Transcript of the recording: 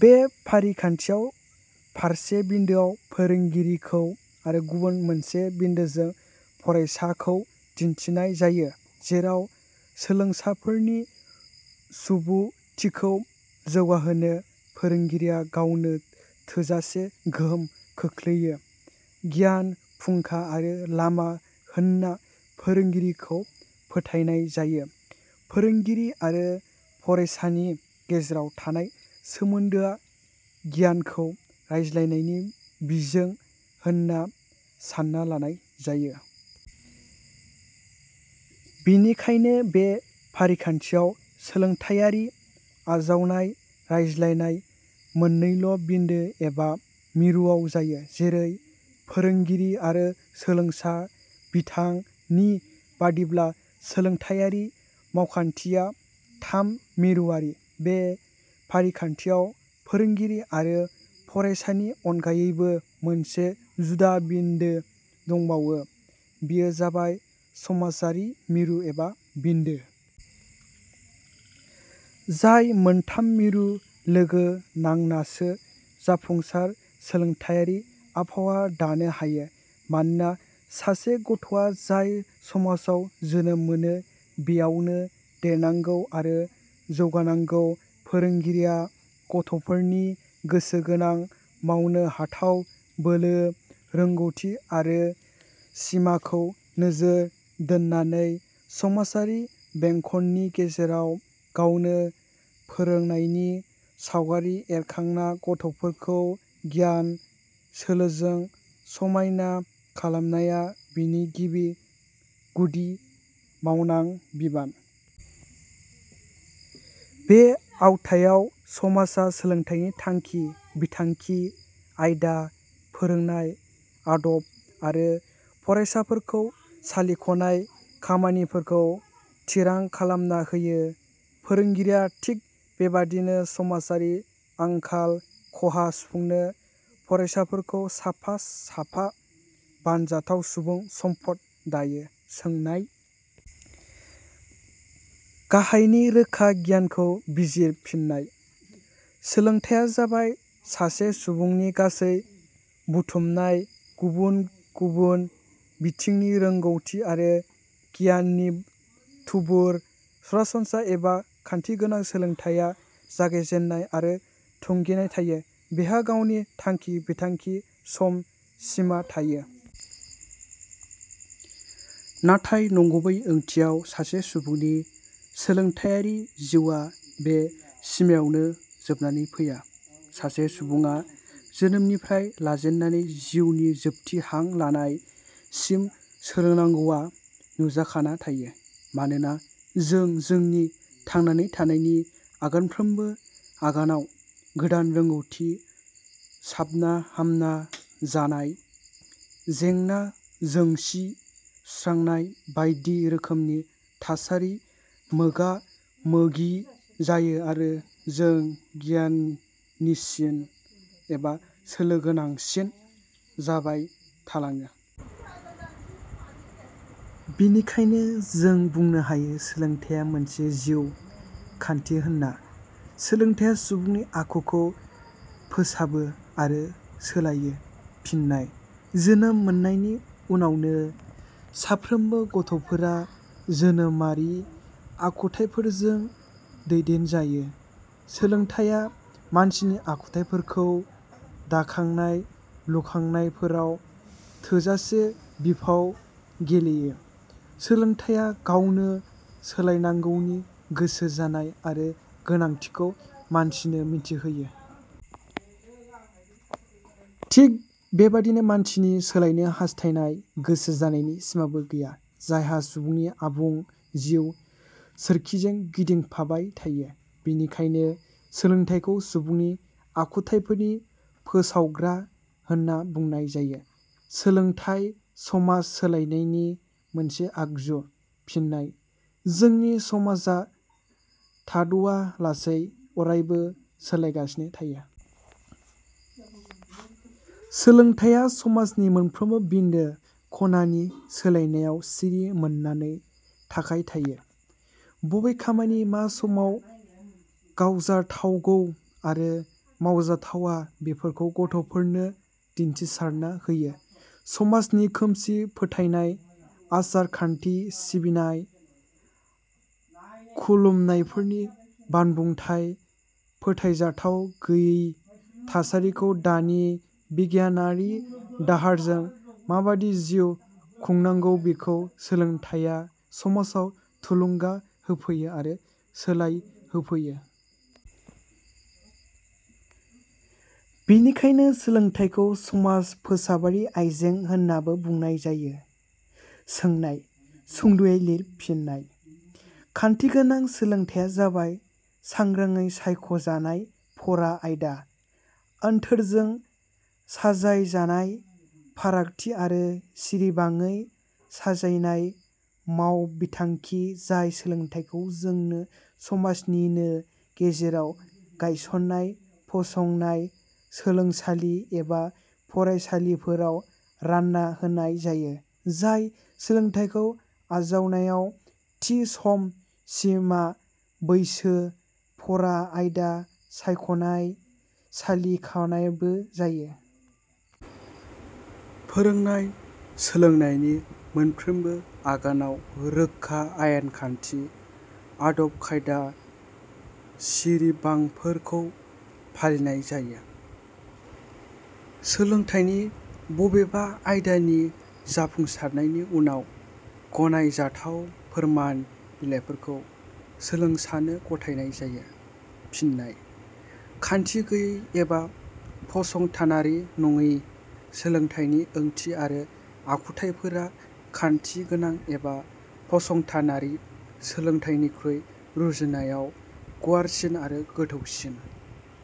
बे फारिखान्थियाव फारसे बिन्दोआव फोरोंगिरिखौ आरो गुबुन मोनसे बिन्दोजों फरायसाखौ दिन्थिनाय जायो। जेराव सोलोंसाफोरनि सुबुथिखौ जौगाहोनो फोरोंगिरिया गावनो थोजासे गोहोम खोख्लैयो। गियान फुंखा आरो लामा होन्ना फोरोंगिरिखौ फोथायनाय जायो। फोरोंगिरि आरो फरायसानि गेजेराव थानाय सोमोन्दोआ गियानखौ रानज्लायनायनि बिजों होनना सानना लानाय जायो। बेनिखायनो बे फारिखान्थियाव सोलोंथायारि आजावजानाय-रानज्लायनाय मोननैल' बिन्दो एबा मिरुवाव जायो, जेरै -फोरोंगिरि आरो सोलोंसा। बिथां नि बादिब्ला सोलोंथाइयारि मावबिखान्थिया थाम मिरुवारि। बे फारिखान्थियाव फोरोंगिरि आरो फरायसानि अनगायैबो मोनसे जुदा बिन्दो दंबावो। बेयो जाबाय समाजारि मिरु एबा बिन्दो। जाय मोन्थाम मिरु लोगो नांनासो जाफुंसार सोलोंथाइयारि आबहावा दानो हायो। मानोना सासे गथ'वा जाय समाजाव जोनोम मोनो बेयावनो देरनांगौ आरो जौगानांगौ। फोरोंगिरिया गथ'फोरनि गोसो गोनां मावनो हाथाव बोलो, रोंगौथि आरो सिमाखौ नोजोर दोन्नानै समाजारि बेंखननि गेजेराव गावनो फोरोंनायनि सावगारि एरखांना गथ'फोरखौ गियान -सोलोजों समायना खालामनाया बिनि गिबि -गुदि मावनां बिबान। बे आवथायाव समाजा सोलोंथाइनि थांखि -बिथांखि, आयदा, फोरोंनाय आदब आरो फरायसाफोरखौ सालिख'नाय खामानिफोरखौ थिरां खालामना होयो। फोरोंगिरिया थिक बेबादिनो समाजारि आंखाल – खहा सुफुंनो फरायसाफोरखौ साफा – साफा बानजाथाव सुबुं सम्पद दायो। सोंनाय -. गाहायनि रोखा गियानखौ बिजिर- फिन्नाय: सोलोंथाइया जाबाय सासे सुबुंनि गासै बुथुमनाय गुबुन गुबुन बिथिंनि रोंगौथि आरो गियाननि थुबुर। सरासनस्रा एबा खान्थि गोनां सोलोंथाइया जागायजेन्नाय आरो थुंगेनाय थायो। बेहा गावनि थांखि -बिथांखि, सम -सिमा थायो। नाथाय नंगुबै ओंथियाव सासे सुबुंनि सोलोंथाइयारि जिउआ बे सिमायावनो जोबनानै फैया। सासे सुबुंङा जोनोमनिफ्राय लाजेननानै जिउनि जोबथि हां लानाय सिम सोलोंनांगौआ नुजाखाना थायो। मानोना जों जोंनि थांनानै थानायनि आगानफ्रामबो आगानाव गोदान रोंगौथि, साबना -हामना जानाय, जेंना -जोंसि सुस्रांनाय बायदि रोखोमनि थासारि मोगा- मोगि जायो आरो जों गियानिसिन एबा सोलोगोनांसिन जाबायथालाङो। बेनिखायनो जों बुंनो हायो सोलोंथाइया मोनसे जिउ खान्थि होन्ना। सोलोंथाइया सुबुंनि आखुखौ फोसाबो आरो सोलायो। फिन्नाय: जोनोम मोन्नायनि उनावनो साफ्रोमबो गथ'फोरा जोनोमारि आखुथाइफोरजों दैदेनजायो। सोलोंथाइया मानसिनि आखुथाइफोरखौ दाखांनाय -लुखांनायफोराव थोजासे बिफाव गेलेयो। सोलोंथाइया गावनो सोलायनांगौनि गोसो जानाय आरो गोनांथिखौ मानसिनो मिथिहोयो। थिक बेबादिनो मानसिनि सोलायनो हास्थायनाय – गोसो जानायनि सिमाबो गैया। जायहा सुबुंनि आबुं जिउ सोरखिजों गिदिंफाबाय थायो। बेनिखायनो सोलोंथाइखौ सुबुंनि आखुथायफोरनि फोसावग्रा होन्ना बुनाय जायो। सोलोंथाइ समाज सोलायनायनि मोनसे आगजु। फिन्नाय: जोंनि समाजा थाद'वा लासै अरायबो सोलायगासिनो थायो। सोलोंथाइया समाजनि मोनफ्रोमबो बिन्दो – ख 'नानि सोलायनायाव सिरि मोननानै थाखाय थायो। बबे खामानि मा समाव गावजाथावगौ आरो मावजाथावा बेफोरखौ गथ'फोरनो दिन्थिसारना होयो। समाजनि खोमसि फोथायनाय, आसार -खान्थि, सिबिनाय – खुलुमनायफोरनि बानबुंथाय फोथायजाथाव गैयि थासारिखौ दानि बिगियानआरि दाहारजों माबादि जिउ – खुंनांगौ बेखौ सोलोंथाइया समाजाव थुलुंगा होफैयो आरो सोलायहोफैयो। बेनिखायनो सोलोंथाइखौ समाज फोसाबारि आइजें होन्नाबो बुंनाय जायो। सोंनाय-, सुंदयै लिर फिन्नाय: खान्थि गोनां सोलोंथाइया जाबाय सांग्रांङै सायख 'जानाय फरा आयदा, आनथोरजों साजाय जानाय फराखान्थि आरो सिरिबाङै साजायजानाय माव – बिथांखि। जाय सोलोंथाइखौ जोंनो समाजनिनो गेजेराव गायसननाय -फसंजानाय सोलोंसालि एबा फरायसालिफोराव रान्नाय होनाय जायो -जाय सोलोंथाइखौ आजावजानायव थि सम -सिमा, बैसो, फरा -आयदा, सायख 'नाय – सालिखनायबो जायो। फोरोंनाय सोलोंनायनि मोनफ्रोमबो आगानाव रोखा आयेन -खान्थि, आदब-खायदा, सिरिबांफोरखौ फालिनाय जायो। सोलोंथाइनि बबेबा आयदानि जाफुंसारनायनि उनाव गनाय जाथाव फोरमान बिलाइफोरबो सोलोंसानो गथायनाय जायो। फिननाय: खान्थि गैयै एबा फसंथानारि नङि सोलोंथाइनि ओंथि आरो आखुथाइफोरा खान्थि गोनां एबा फसंथानारि सोलोंथाइनिख्रुइ रुजुनायाव गुवारसिन आरो गोथौसिन।